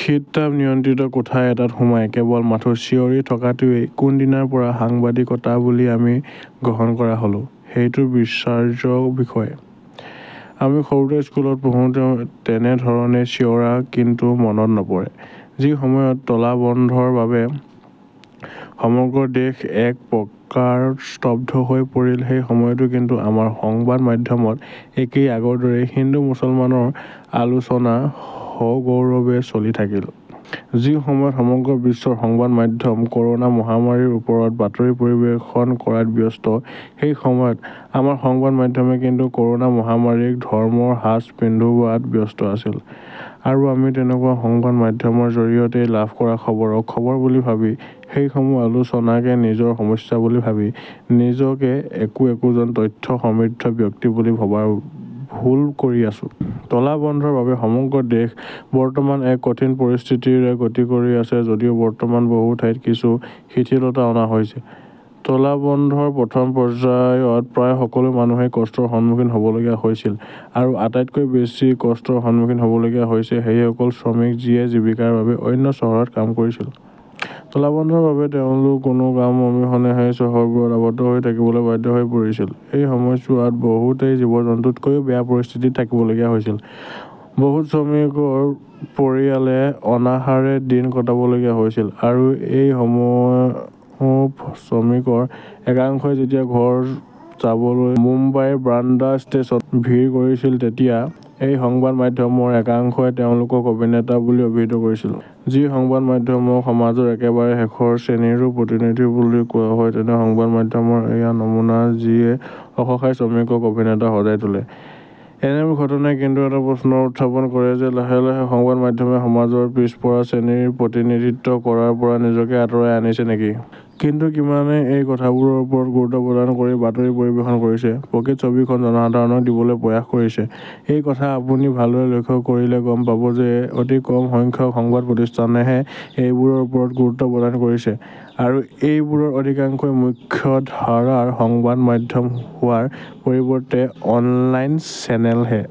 শীততাপ নিয়ন্ত্ৰিত কোঠা এটাত সোমাই কেৱল মাথো চিঞৰি থকাটোৱেই কোন দিনাৰ পৰা সাংবাদিকতা বুলি আমি গ্ৰহণ কৰা হলোঁ সেইটো বিচাৰ্য বিষয়। আমি সৰুতে স্কুলত পঢ়োতেও তেনে ধৰণে চিঞৰা কিন্তু মনত নপৰে। যি সময়ত তলা বন্ধৰ বাবে সমগ্ৰ দেশ এক প্ৰকাৰ স্তব্ধ হৈ পৰিল সেই সময়তো কিন্তু আমাৰ সংবাদ মাধ্যমত একেই আগৰ দৰে হিন্দু-মুছলমানৰ আলোচনা সগৌৰৱে চলি থাকিল। যি সময়ত সমগ্ৰ বিশ্বৰ সংবাদ মাধ্যম ক'ৰ'না মহামাৰীৰ ওপৰত বাতৰি পৰিৱেশন কৰাত ব্যস্ত সেই সময়ত আমাৰ সংবাদ মাধ্যমে কিন্তু ক'ৰ'না মহামাৰীক ধৰ্মৰ সাজ পিন্ধোৱাত ব্যস্ত আছিল। আৰু আমি তেনেকুৱা সংবাদ মাধ্যমৰ জৰিয়তেই লাভ কৰা খবৰক খবৰ বুলি ভাৱি সেইসমূহ আলোচনাকে নিজৰ সমস্যা বুলি ভাবি নিজকে একো একোজন তথ্য সমৃদ্ধ ব্যক্তি বুলি ভবাৰ ভুল কৰি আছো। তলা বন্ধৰ বাবে সমগ্ৰ দেশ বৰ্তমান এক কঠিন পৰিস্হিতিৰে গতি কৰি আছে যদিও বৰ্তমান বহু ঠাইত কিছু শিথিলতা অনা হৈছে। তলা বন্ধৰ প্ৰথম পৰ্যায়ত প্ৰায় সকলো মানুহেই কষ্টৰ সন্মুখীন হবলগীয়া হৈছিল আৰু আটাইতকৈ বেছি কষ্টৰ সন্মুখীন হবলগীয়া হৈছিল সেইসকল শ্ৰমিক যিয়ে জীৱিকাৰ বাবে অন্য চহৰত কাম কৰিছিল। তলা বন্ধৰ বাবে তেওঁলোক কোনো কাম অবিহনেই সেই চহৰবোৰত আৱদ্ধ হৈ থাকিবলৈ বাধ্য হৈ পৰিছিল। এই সময়ছোৱাত বহুতেই জীৱ-জন্তুতকৈও বেয়া পৰিস্হিতিত থাকিবলগীয়া হৈছিল। বহুত শ্ৰমিকৰ পৰিয়ালে অনাহাৰে দিন কটাবলগীয়া হৈছিল। আৰু এই সমূহ শ্ৰমিকৰ একাংশই যেতিয়া ঘৰ যাবলৈ মুম্বাইৰ বান্দ্ৰা ষ্টেছনত ভিৰ কৰিছিল তেতিয়া এই সংবাদ মাধ্যমৰ একাংশই তেওঁলোকক অভিনেতা বুলি অভিহিত কৰিছিল। যি সংবাদ মাধ্যমক সমাজৰ একেবাৰে শেষৰ শ্ৰেণীৰো প্ৰতিনিধি বুলি কোৱা হয় তেনে সংবাদ মাধ্যমৰ এয়া নমুনা যিয়ে অসহায় শ্ৰমিকক অভিনেতা সজাই তোলে। এনেবোৰ ঘটনাই কিন্তু এটা প্ৰশ্নৰ উত্থাপন কৰে যে লাহে লাহে সংবাদ মাধ্যমে সমাজৰ পিছপৰা শ্ৰেণীৰ প্ৰতিনিধিত্ব কৰাৰ পৰা নিজকে আতৰাই আনিছে নেকি? কিন্তু কিমানে এই কথাবোৰৰ ওপৰত গুৰুত্ব প্ৰদান কৰি বাতৰি পৰিৱেশন কৰিছে, প্ৰকৃত ছবিখন জনসাধাৰণক দিবলৈ প্ৰয়াস কৰিছে? এই কথা আপুনি ভালদৰে লক্ষ্য কৰিলে গম পাব যে অতি কম সংখ্যক সংবাদ প্ৰতিষ্ঠানেহে এইবোৰৰ ওপৰত গুৰুত্ব প্ৰদান কৰিছে আৰু এইবোৰৰ অধিকাংশই মুখ্য ধাৰাৰ সংবাদ মাধ্যম হোৱাৰ পৰিৱৰ্তে অনলাইন চেনেলহে।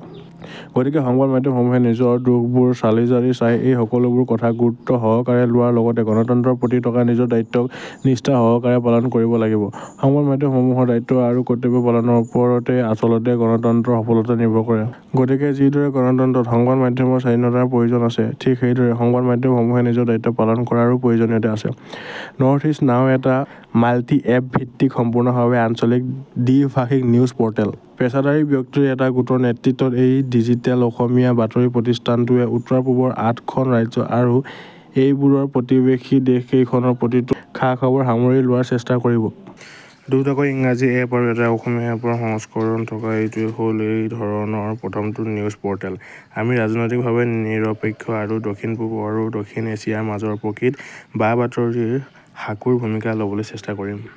গতিকে সংবাদ মাধ্যমসমূহে নিজৰ দোষবোৰ চালিজাৰি চাই এই সকলোবোৰ কথাক গুৰুত্বসহকাৰে লোৱাৰ লগতে গণতন্ত্ৰৰ প্ৰতি থকা নিজৰ দায়িত্বক নিষ্ঠাসহকাৰে পালন কৰিব লাগিব। সংবাদ মাধ্যমসমূহৰ দায়িত্ব আৰু কৰ্তব্য পালনৰ ওপৰতে আচলতে গণতন্ত্ৰৰ সফলতা নিৰ্ভৰ কৰে। গতিকে যিদৰে গণতন্ত্ৰত সংবাদ মাধ্যমৰ স্বাধীনতাৰ প্ৰয়োজন আছে, ঠিক সেইদৰে সংবাদ মাধ্যমসমূহে নিজৰ দায়িত্ব পালন কৰাৰো প্ৰয়োজনীয়তা আছে। নৰ্থইষ্ট নাও এটা মাল্টিএপ ভিত্তিক সম্পূৰ্ণভাৱে আঞ্চলিক দ্বিভাষিক নিউজ প'ৰ্টেল। পেচাদাৰী ব্যক্তিৰ এটা গোটৰ নেতৃত্বত এই ডিজিটেল অসমীয়া বাতৰি প্ৰতিষ্ঠানটোৱে উত্তৰ-পূবৰ আঠখন ৰাজ্য আৰু এইবোৰৰ প্ৰতিৱেশী দেশকেইখনৰ প্ৰতিটো খা-খবৰ সামৰি লোৱাৰ চেষ্টা কৰিব। দুটাকৈ ইংৰাজী এপ আৰু এটা অসমীয়া এপৰ সংস্কৰণ থকা এইটোৱে হ'ল এই ধৰণৰ প্ৰথমটো নিউজ প'ৰ্টেল। আমি ৰাজনৈতিকভাৱে নিৰপেক্ষ আৰু দক্ষিণ-পূব আৰু দক্ষিণ এছিয়াৰ মাজৰ প্ৰকৃত বা-বাতৰিৰ সাঁকোৰ ভূমিকা লবলৈ চেষ্টা কৰিম।